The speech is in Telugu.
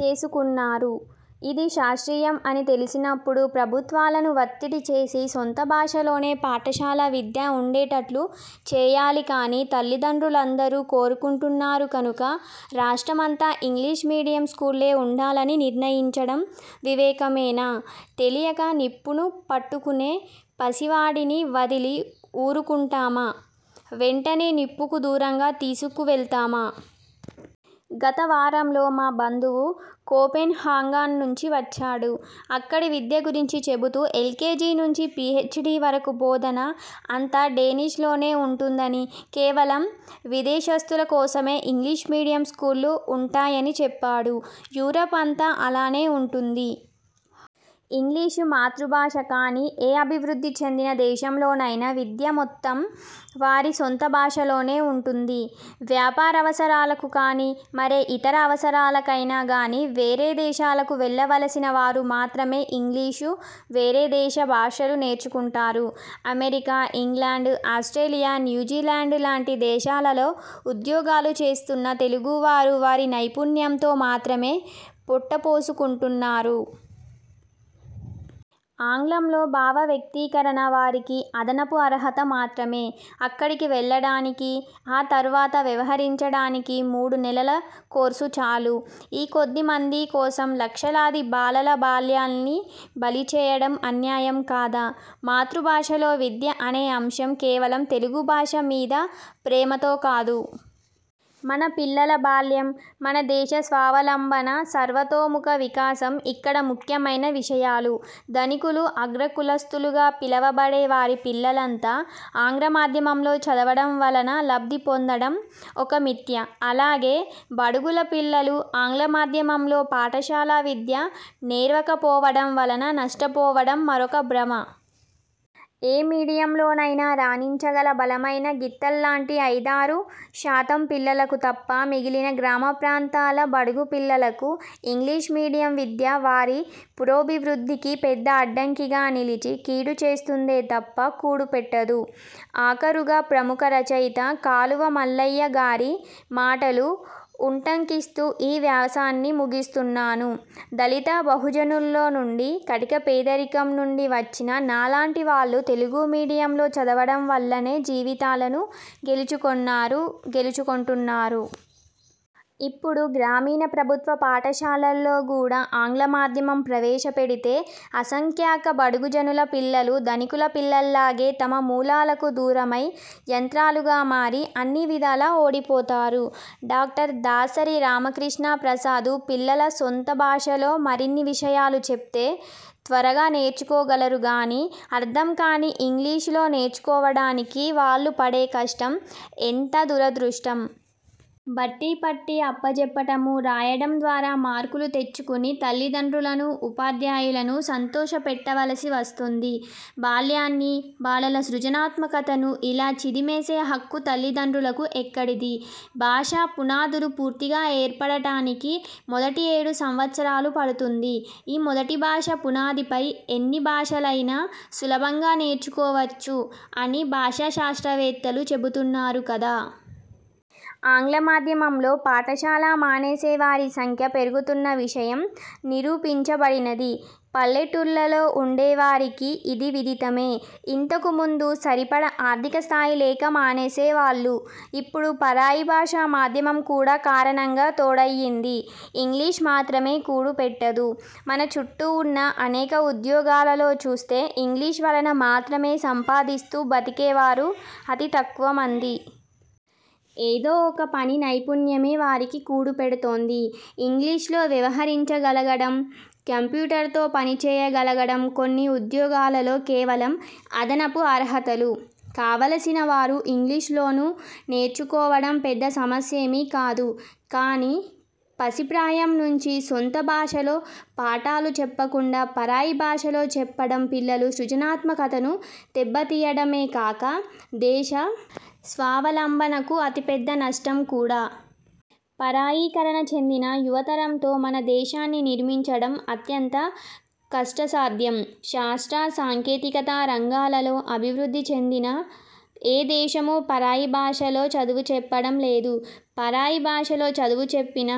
చేసుకున్నారు? ఇది శాస్త్రీయం అని తెలిసినపుడు ప్రభుత్వాలను వత్తిడి చేసి సొంత భాషలోనే పాఠశాల విద్య ఉండేటట్లు చేయాలి కానీ, తల్లిదండ్రులందరూ కోరుకుంటున్నారు కనుక రాష్ట్రమంతా ఇంగ్లీషు మీడియం స్కూళ్ళే ఉండాలని నిర్ణయించడం వివేకమేనా? తెలియక నిప్పును పట్టుకునే పసివాడిని వదలి ఊరుకుంటామా? వెంటనే నిప్పుకు దూరంగా తీసుకువెళ్తామా? గత వారంలో మా బంధువు కోపెన్ హాగాన్ నుంచి వచ్చాడు. అక్కడి విద్య గురించి చెబుతూ ఎల్కేజీ నుంచి పీహెచ్డీ వరకూ బోధన అంతా డేనిష్ లోనే ఉంటుందనీ, కేవలం విదేశస్తుల కోసమే ఇంగ్లీష్ మీడియం స్కూళ్ళు ఉంటాయనీ చెప్పాడు. యూరప్ అంతా అలానే ఉంటుంది. ఇంగ్లీష్ మాతృభాష కాని ఏ అభివృద్ధి చెందిన దేశంలోనైనా విద్య మొత్తం వారి సొంత భాషలోనే ఉంటుంది. వ్యాపారావసరాలకు కానీ, మరే ఇతర అవరసరాలకైనా గానీ వేరే దేశాలకు వెళ్ళవలసిన వారు మాత్రమే ఇంగ్లీషూ, వేరే దేశ భాషలూ నేర్చుకుంటారు. అమెరికా, ఇంగ్లాండ్, ఆస్ట్రేలియా, న్యూజిలాండ్ లాంటి దేశాలలో ఉద్యోగాలు చేస్తున్న తెలుగువారు వారి నైపుణ్యంతో మాత్రమే పొట్టపోసుకుంటున్నారు. ఆంగ్లంలో భావ వ్యక్తీకరణ వారికి అదనపు అర్హత మాత్రమే. అక్కడికి వెళ్ళడానికి, ఆ తర్వాత వ్యవహరించడానికి మూడు నెలల కోర్సు చాలు. ఈ కొద్ది మంది కోసం లక్షలాది బాలల బాల్యాన్ని బలిచేయడం అన్యాయం కాదా? మాతృభాషలో విద్య అనే అంశం కేవలం తెలుగు భాష మీద ప్రేమతో కాదు. మన పిల్లల బాల్యం, మన దేశ స్వావలంబన, సర్వతోముఖ వికాసం ఇక్కడ ముఖ్యమైన విషయాలు. ధనికులు, అగ్ర కులస్తులుగా పిలవబడే వారి పిల్లలంతా ఆంగ్ల మాధ్యమంలో చదవడం వలన లబ్ధి పొందడం ఒక మిథ్య. అలాగే బడుగుల పిల్లలు ఆంగ్ల మాధ్యమంలో పాఠశాల విద్య నేర్వకపోవడం వలన నష్టపోవడం మరొక భ్రమ. ఏ మీడియంలోనైనా రాణించగల బలమైన గిత్తల్లాంటి ఐదారు శాతం పిల్లలకు తప్ప మిగిలిన గ్రామ ప్రాంతాల బడుగు పిల్లలకు ఇంగ్లీష్ మీడియం విద్య వారి పురోభివృద్ధికి పెద్ద అడ్డంకిగా నిలిచి, కీడు చేస్తుందే తప్ప కూడు పెట్టదు. ఆఖరుగా ప్రముఖ రచయిత ''కాలువ మల్లయ్య'' గారి మాటలు ఉటంకిస్తూ ఈ వ్యాసాన్ని ముగిస్తున్నాను: ''దళిత బహుజనుల్లో నుండి, కటిక పేదరికం నుండి వచ్చిన నాలాంటి వాళ్ళు తెలుగు మీడియంలో చదవడం వల్లనే జీవితాలను గెలుచుకొన్నారు, గెలుచుకొంటున్నారు. ఇప్పుడు గ్రామీణ ప్రభుత్వ పాఠశాలల్లో గూడ ఆంగ్ల మాధ్యమం ప్రవేశపెడితే, అసంఖ్యాక బడుగు జనుల పిల్లలు ధనికుల పిల్లల్లాగే తమ మూలాలకు దూరమై, యంత్రాలుగా మారి, అన్ని విధాలా ఓడిపోతారు. ''డాక్టర్ దాసరి రామకృష్ణ ప్రసాదు పిల్లల సొంత భాషలో మరిన్ని విషయాలు చెప్తే త్వరగా నేర్చుకోగలరు గానీ, అర్థంకాని ఇంగ్లీషులో నేర్చుకోవడానికి వాళ్ళు పడే కష్టం ఎంత దురదృష్టం! బట్టీ పట్టి అప్పచెప్పటమూ, రాయడం ద్వారా మార్కులు తెచ్చుకుని తలిదండ్రులనూ, ఉపాధ్యాయులనూ సంతోషపెట్టవలసి వస్తుంది. బాల్యాన్నీ, బాలల సృజనాత్మకతనూ ఇలా చిదిమేసే హక్కు తల్లిదండ్రులకు ఎక్కడిది? ''భాషా పునాదులు పూర్తిగా ఏర్పడటానికి మొదటి ఏడు సంవత్సరాలు పడుతుంది. ఈ మొదటి భాష పునాదిపై ఎన్ని భాషలయినా సులభంగా నేర్చుకోవచ్చు'' అని భాషా శాస్త్రవేత్తలు చెబుతున్నారు కదా! ఆంగ్ల మాధ్యమంలో పాఠశాల మానేసేవారి సంఖ్య పెరుగుతున్న విషయం నిరూపించబడినది. పల్లెటూళ్ళలో ఉండేవారికి ఇది విదితమే! ఇంతకు ముందు సరిపడా ఆర్థిక స్థాయి లేక మానేసేవాళ్ళు; ఇప్పుడు పరాయిభాషా మాధ్యమం కూడా కారణంగా తోడయ్యింది. ఇంగ్లీష్ మాత్రమే కూడు పెట్టదు. మన చుట్టూ ఉన్న అనేక ఉద్యోగాలలో చూస్తే ఇంగ్లీష్ వలన మాత్రమే సంపాదిస్తూ బ్రతికేవారు అతి తక్కువమంది. ఏదో ఒక పని నైపుణ్యమే వారికి కూడు పెడ్తోంది. ఇంగ్లీషులో వ్యవహరించగలగడం, కంప్యూటర్తో పనిచేయగలగడం కొన్ని ఉద్యోగాలలో కేవలం అదనపు అర్హతలు. కావలసిన వారు ఇంగ్లీషును నేర్చుకోవడం పెద్ద సమస్యేమీ కాదు. కానీ పసిప్రాయం నుంచీ సొంత భాషలో పాఠాలు చెప్పకుండా పరాయి భాషలో చెప్పడం పిల్లల సృజనాత్మకతను దెబ్బతీయడమే కాక, దేశ స్వావలంబనకు అతి పెద్ద నష్టం కూడా. పరాయీకరణ చెందిన యువతరంతో మన దేశాన్ని నిర్మించడం అత్యంత కష్ట సాధ్యం. శాస్త్ర, సాంకేతిక రంగాలలో అభివృద్ధి చెందిన ఏ దేశమూ పరాయి భాషలో చదువు చెప్పడం లేదు. పరాయి భాషలో చదువు చెప్పిన